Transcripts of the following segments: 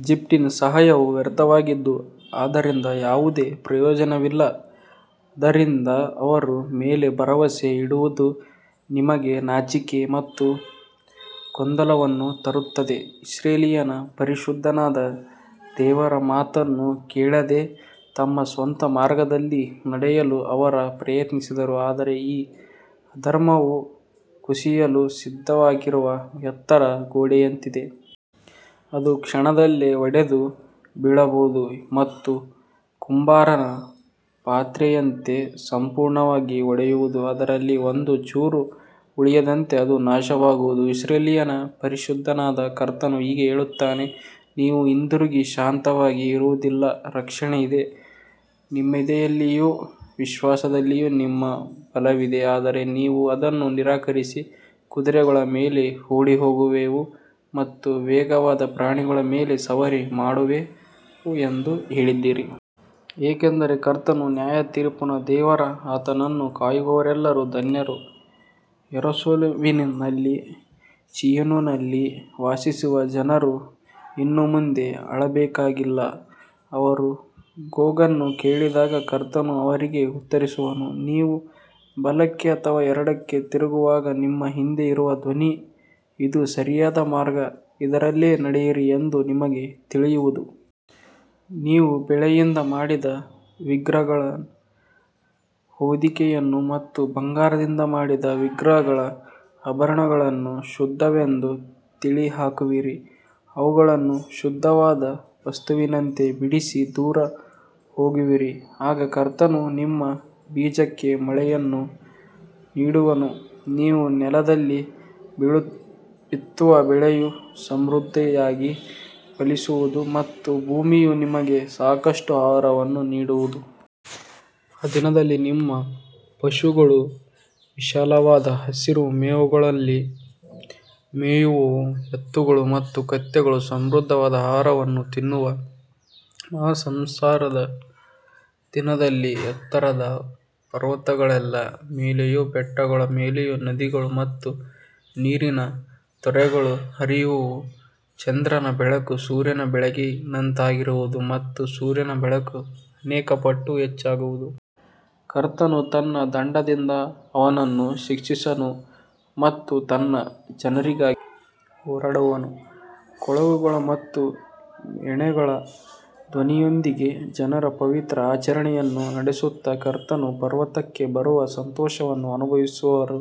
ಈಜಿಪ್ಟಿನ ಸಹಾಯವು ವ್ಯರ್ಥವಾಗಿದ್ದು ಅದರಿಂದ ಯಾವುದೇ ಪ್ರಯೋಜನವಿಲ್ಲ. ಆದ್ದರಿಂದ ಅವರ ಮೇಲೆ ಭರವಸೆ ಇಡುವುದು ನಿಮಗೆ ನಾಚಿಕೆ ಮತ್ತು ಗೊಂದಲವನ್ನು ತರುತ್ತದೆ. ಇಸ್ರಾಯೇಲಿನ ಪರಿಶುದ್ಧನಾದ ದೇವರ ಮಾತನ್ನು ಕೇಳದೆ ತಮ್ಮ ಸ್ವಂತ ಮಾರ್ಗದಲ್ಲಿ ನಡೆಯಲು ಅವರು ಪ್ರಯತ್ನಿಸಿದರು. ಆದರೆ ಈ ಅಧರ್ಮವು ಕುಸಿಯಲು ಸಿದ್ಧವಾಗಿರುವ ಎತ್ತರದ ಗೋಡೆಯಂತಿದೆ. ಅದು ಕ್ಷಣದಲ್ಲೇ ಒಡೆದು ಬೀಳುವುದು ಮತ್ತು ಕುಂಬಾರನ ಪಾತ್ರೆಯಂತೆ ಸಂಪೂರ್ಣವಾಗಿ ಒಡೆಯುವುದು. ಅದರಲ್ಲಿ ಒಂದು ಚೂರೂ ಉಳಿಯದಂತೆ ಅದು ನಾಶವಾಗುವುದು. ಇಸ್ರಾಯೇಲಿನ ಪರಿಶುದ್ಧನಾದ ಕರ್ತನು ಹೀಗೆ ಹೇಳುತ್ತಾನೆ. ನೀವು ಹಿಂದಿರುಗಿ ಶಾಂತವಾಗಿ ಇರುವುದರಲ್ಲಿ ರಕ್ಷಣೆ ಇದೆ. ನೆಮ್ಮದಿಯಲ್ಲಿಯೂ ವಿಶ್ವಾಸದಲ್ಲಿಯೂ ನಿಮ್ಮ ಬಲವಿದೆ. ಆದರೆ ನೀವು ಅದನ್ನು ನಿರಾಕರಿಸಿ ಕುದುರೆಗಳ ಮೇಲೆ ಓಡಿಹೋಗುವೆವು ಮತ್ತು ವೇಗವಾದ ಪ್ರಾಣಿಗಳ ಮೇಲೆ ಸವಾರಿ ಮಾಡುವೆವು ಎಂದು ಹೇಳಿದ್ದೀರಿ. ಏಕೆಂದರೆ ಕರ್ತನು ನ್ಯಾಯತೀರ್ಪಿನ ದೇವರು. ಆತನನ್ನು ಕಾಯುವವರೆಲ್ಲರೂ ಧನ್ಯರು. ಯೆರೂಸಲೇಮಿನಲ್ಲಿ ಚೀಯೋನಿನಲ್ಲಿ ವಾಸಿಸುವ ಜನರು ಇನ್ನು ಮುಂದೆ ಅಳಬೇಕಾಗಿಲ್ಲ. ಅವರ ಕೂಗನ್ನು ಕೇಳಿದಾಗ ಕರ್ತನು ಅವರಿಗೆ ಉತ್ತರಿಸುವನು. ನೀವು ಬಲಕ್ಕೆ ಅಥವಾ ಎಡಕ್ಕೆ ತಿರುಗುವಾಗ ನಿಮ್ಮ ಹಿಂದೆ ಇರುವ ಧ್ವನಿ ಇದು ಸರಿಯಾದ ಮಾರ್ಗ, ಇದರಲ್ಲೇ ನಡೆಯಿರಿ ಎಂದು ನಿಮಗೆ ತಿಳಿಸುವುದು. ನೀವು ಬೆಳ್ಳಿಯಿಂದ ಮಾಡಿದ ವಿಗ್ರಹಗಳ ಹೊದಿಕೆಯನ್ನು ಮತ್ತು ಬಂಗಾರದಿಂದ ಮಾಡಿದ ವಿಗ್ರಹಗಳ ಆಭರಣಗಳನ್ನು ಅಶುದ್ಧವೆಂದು ತಳ್ಳಿ ಹಾಕುವಿರಿ. ಅವುಗಳನ್ನು ಅಶುದ್ಧವಾದ ವಸ್ತುವಿನಂತೆ ಬಿಸಾಡಿ ದೂರ ಹೋಗುವಿರಿ. ಆಗ ಕರ್ತನು ನಿಮ್ಮ ಬೀಜಕ್ಕೆ ಮಳೆಯನ್ನು ನೀಡುವನು. ನೀವು ನೆಲದಲ್ಲಿ ಬಿತ್ತುವ ಬೆಳೆಯು ಸಮೃದ್ಧಿಯಾಗಿ ಫಲಿಸುವುದು ಮತ್ತು ಭೂಮಿಯು ನಿಮಗೆ ಸಾಕಷ್ಟು ಆಹಾರವನ್ನು ನೀಡುವುದು. ಆ ದಿನದಲ್ಲಿ ನಿಮ್ಮ ಪಶುಗಳು ವಿಶಾಲವಾದ ಹಸಿರು ಹುಲ್ಲುಗಾವಲುಗಳಲ್ಲಿ ಮೇಯುವವು. ಎತ್ತುಗಳು ಮತ್ತು ಕತ್ತೆಗಳು ಸಮೃದ್ಧವಾದ ಆಹಾರವನ್ನು ತಿನ್ನುವವು. ಮಹಾ ಸಂಹಾರದ ದಿನದಲ್ಲಿ ಎತ್ತರದ ಪರ್ವತಗಳ ಮೇಲೆಯೂ ಬೆಟ್ಟಗಳ ಮೇಲೆಯೂ ನದಿಗಳು ಮತ್ತು ನೀರಿನ ತೊರೆಗಳು ಹರಿಯುವವು. ಚಂದ್ರನ ಬೆಳಕು ಸೂರ್ಯನ ಬೆಳಕಿನಂತಾಗುವುದು ಮತ್ತು ಸೂರ್ಯನ ಬೆಳಕು ಅನೇಕ ಪಟ್ಟು ಹೆಚ್ಚಾಗುವುದು. ಕರ್ತನು ತನ್ನ ದಂಡದಿಂದ ಅವನನ್ನು ಶಿಕ್ಷಿಸುವನು ಮತ್ತು ತನ್ನ ಜನರಿಗಾಗಿ ಹೋರಾಡುವನು. ಕೊಳಲುಗಳು ಮತ್ತು ವೀಣೆಗಳ ಧ್ವನಿಯೊಂದಿಗೆ ಜನರು ಪವಿತ್ರ ಆಚರಣೆಯನ್ನು ನಡೆಸುತ್ತಾ ಕರ್ತನ ಪರ್ವತಕ್ಕೆ ಬರುವ ಸಂತೋಷವನ್ನು ಅನುಭವಿಸುವರು.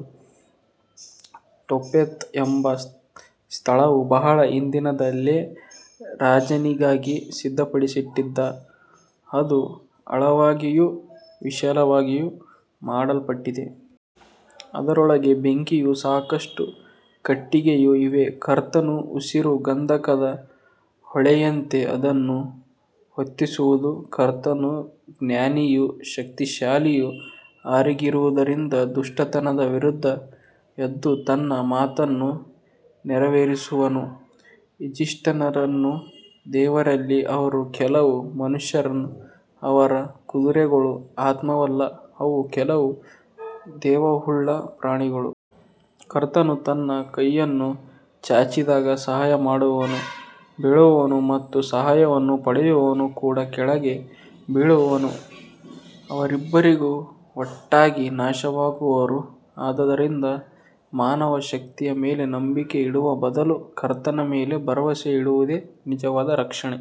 ಟೋಫೆತ್ ಎಂಬ ಸ್ಥಳವು ಬಹಳ ಹಿಂದಿನಿಂದಲೇ ರಾಜನಿಗಾಗಿ ಸಿದ್ಧಪಡಿಸಲ್ಪಟ್ಟಿದೆ. ಅದು ಆಳವಾಗಿಯೂ ವಿಶಾಲವಾಗಿಯೂ ಮಾಡಲ್ಪಟ್ಟಿದೆ. ಅದರೊಳಗೆ ಬೆಂಕಿಯೂ ಸಾಕಷ್ಟು ಕಟ್ಟಿಗೆಯೂ ಇವೆ. ಕರ್ತನ ಉಸಿರು ಗಂಧಕದ ಹೊಳೆಯಂತೆ ಅದನ್ನು ಹೊತ್ತಿಸುವುದು. ಕರ್ತನು ಜ್ಞಾನಿಯೂ ಶಕ್ತಿಶಾಲಿಯೂ ಆಗಿರುವುದರಿಂದ ದುಷ್ಟತನದ ವಿರುದ್ಧ ಎದ್ದು ತನ್ನ ಮಾತನ್ನು ನೆರವೇರಿಸುವನು. ಈಜಿಪ್ಟಿನವರು ದೇವರಲ್ಲ, ಅವರು ಕೇವಲ ಮನುಷ್ಯರು. ಅವರ ಕುದುರೆಗಳು ಆತ್ಮವಲ್ಲ, ಅವು ಕೇವಲ ದೇಹವುಳ್ಳ ಪ್ರಾಣಿಗಳು. ಕರ್ತನು ತನ್ನ ಕೈಯನ್ನು ಚಾಚಿದಾಗ ಸಹಾಯ ಮಾಡುವವನು ಬೀಳುವನು ಮತ್ತು ಸಹಾಯವನ್ನು ಪಡೆಯುವವನು ಕೂಡ ಕೆಳಗೆ ಬೀಳುವನು. ಅವರಿಬ್ಬರೂ ಒಟ್ಟಾಗಿ ನಾಶವಾಗುವರು. ಆದ್ದರಿಂದ ಮಾನವ ಶಕ್ತಿಯ ಮೇಲೆ ನಂಬಿಕೆ ಇಡುವ ಬದಲು ಕರ್ತನ ಮೇಲೆ ಭರವಸೆ ಇಡುವುದೇ ನಿಜವಾದ ರಕ್ಷಣೆ.